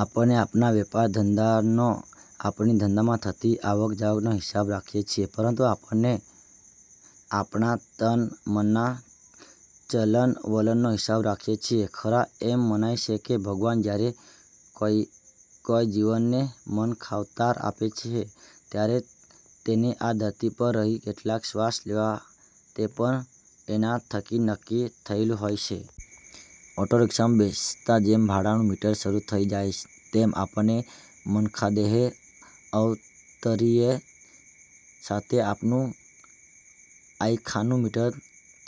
આપણે આપણા વેપારધંધાનો – આપણી ધંધામાં થતી આવક-જાવકનો હિસાબ રાખીએ છીએ પરંતુ આપણે આપણા તન-મનના ચલણ-વલણનો હિસાબ રાખીએ છીએ ખરા? એમ મનાય છે કે ભગવાન જ્યારે કોઈ જીવને મનખાવતાર આપે છે ત્યારે તેને આ ધરતી પર રહી કેટલા શ્વાસ લેવા તે પણ એના થકી નક્કી થયેલું હોય છે! ઑટોરિક્ષામાં બેસતાં જેમ ભાડાનું મીટર શરૂ થઈ જાય તેમ આપણે મનખાદેહે અવતરીએ એ સાથે આપણું આયખાનું મીટર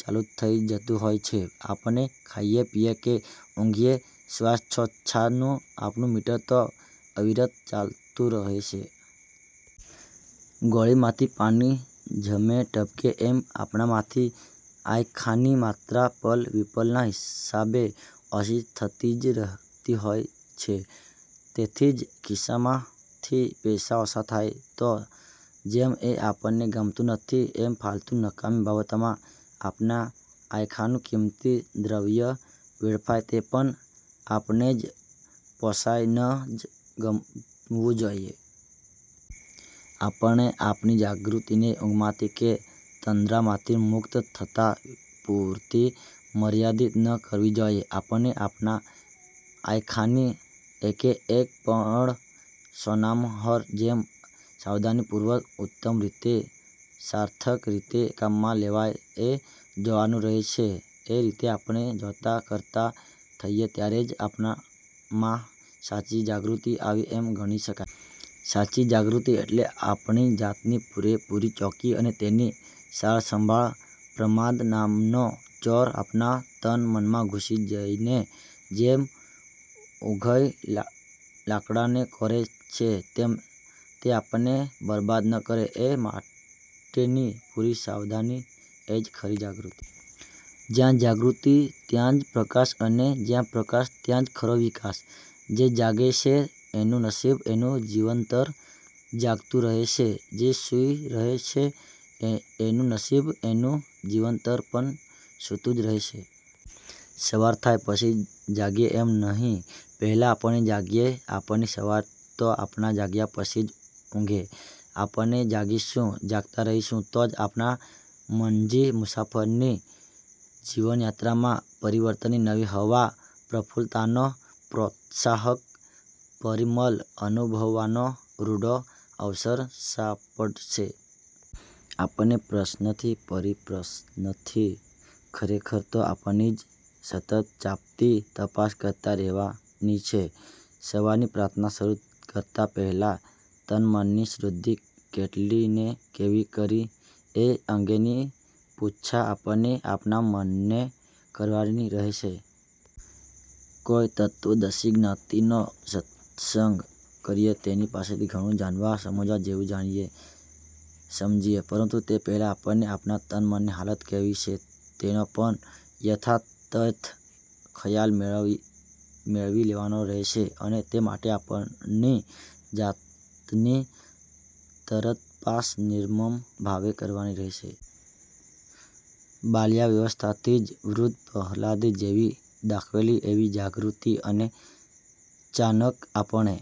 ચાલુ થઈ જતું હોય છે. આપણે ખાઈએ, પીએ કે ઊંઘીએ; શ્વાસોચ્છ્વાસનું આપણું મીટર તો અવિરત ચાલતું જ રહે છે. ગોળીમાંથી પાણી ઝમે-ટપકે એમ આપણામાંથી આયખાની માત્રા પલ-વિપલના હિસાબે ઓછી થતી જ રહેતી હોય છે. તેથી જ ખિસ્સામાંથી પૈસા ઓછા થાય તો જેમ એ આપણને ગમતું નથી એમ ફાલતુ – નકામી બાબતોમાં આપણા આયખાનું કિંમતી દ્રવ્ય વેડફાય તે પણ આપણને ન જ પોષાય – ન જ ગમવું જોઈએ. આપણે આપણી જાગૃતિને ઊંઘમાંથી કે તંદ્રામાંથી મુક્ત થતા પૂરતી મર્યાદિત ન કરવી જોઈએ. આપણે આપણા આયખાની એકેએક પળ સોનામહોરની જેમ સાવધાનીપૂર્વક ઉત્તમ રીતે સાર્થક રીતે કામમાં લેવાય એ જોવાનું રહે છે. એ રીતે આપણે જોતા-કરતા થઈએ ત્યારે જ આપણામાં સાચી જાગૃતિ આવી એમ ગણી શકાય. સાચી જાગૃતિ એટલે આપણી જાતની પૂરેપૂરી ચોકી અને તેની સારસંભાળ. પ્રમાદ નામનો ચોર આપણા તન-મનમાં ઘૂસી જઈને, જેમ ઊધઈ લાકડાને કોરે છે તેમ તે આપણને બરબાદ ન કરે એ માટેની પૂરી સાવધાની એ જ ખરી જાગૃતિ. જ્યાં જાગૃતિ ત્યાં જ પ્રકાશ અને જ્યાં પ્રકાશ ત્યાં જ ખરો વિકાસ. જે જાગે છે એનું નસીબ – એનું જીવતર જાગતું રહે છે; જે સૂઈ રહે છે એનું નસીબ – એનું જીવતર પણ સૂતું જ રહે છે. સવાર થાય પછી જાગીએ એમ નહીં; પહેલાં આપણે જાગીએ, આપણી સવાર તો આપણા જાગ્યા પછી જ ઊગે. આપણે જાગીશું જાગતા રહીશું તો જ આપણા મનજી મુસાફરની જીવનયાત્રામાં પરિવર્તનની નવી હવા, પ્રફુલ્લતાનો પ્રોત્સાહક પરિમલ અનુભવવાનો રૂડો અવસર સાપડશે. આપણે પ્રશ્નથી – પરિપ્રશ્નથી ખરેખર તો આપણી જ સતત ચાંપતી તપાસ કરતા રહેવાની છે. સવારની પ્રાર્થના શરૂ કરતાં પહેલાં તનમનની શુદ્ધિ કેટલી ને કેવી કરી એ અંગેની પૃચ્છા આપણે આપણા મનને કરવાની રહે છે. કોઈ તત્ત્વદર્શી જ્ઞાનીનો સત્સંગ કરી એની પાસેથી ઘણું જાણવા – સમજવા જેવું જાણીએ – સમજીએ; પરંતુ એ પહેલાં આપણે આપણા તન-મનની હાલત કેવી છે તેનો પણ યથાતથ ખ્યાલ મેળવી લેવાનો રહે છે અને તે માટે આપણી જાતની તરતપાસ નિર્મમભાવે કરવાની રહે છે. બાલ્યાવસ્થાથી જ ધ્રુવ-પ્રહ્લાદે જેવી દાખવેલી એવી જાગૃતિ અને ચાનક આપણે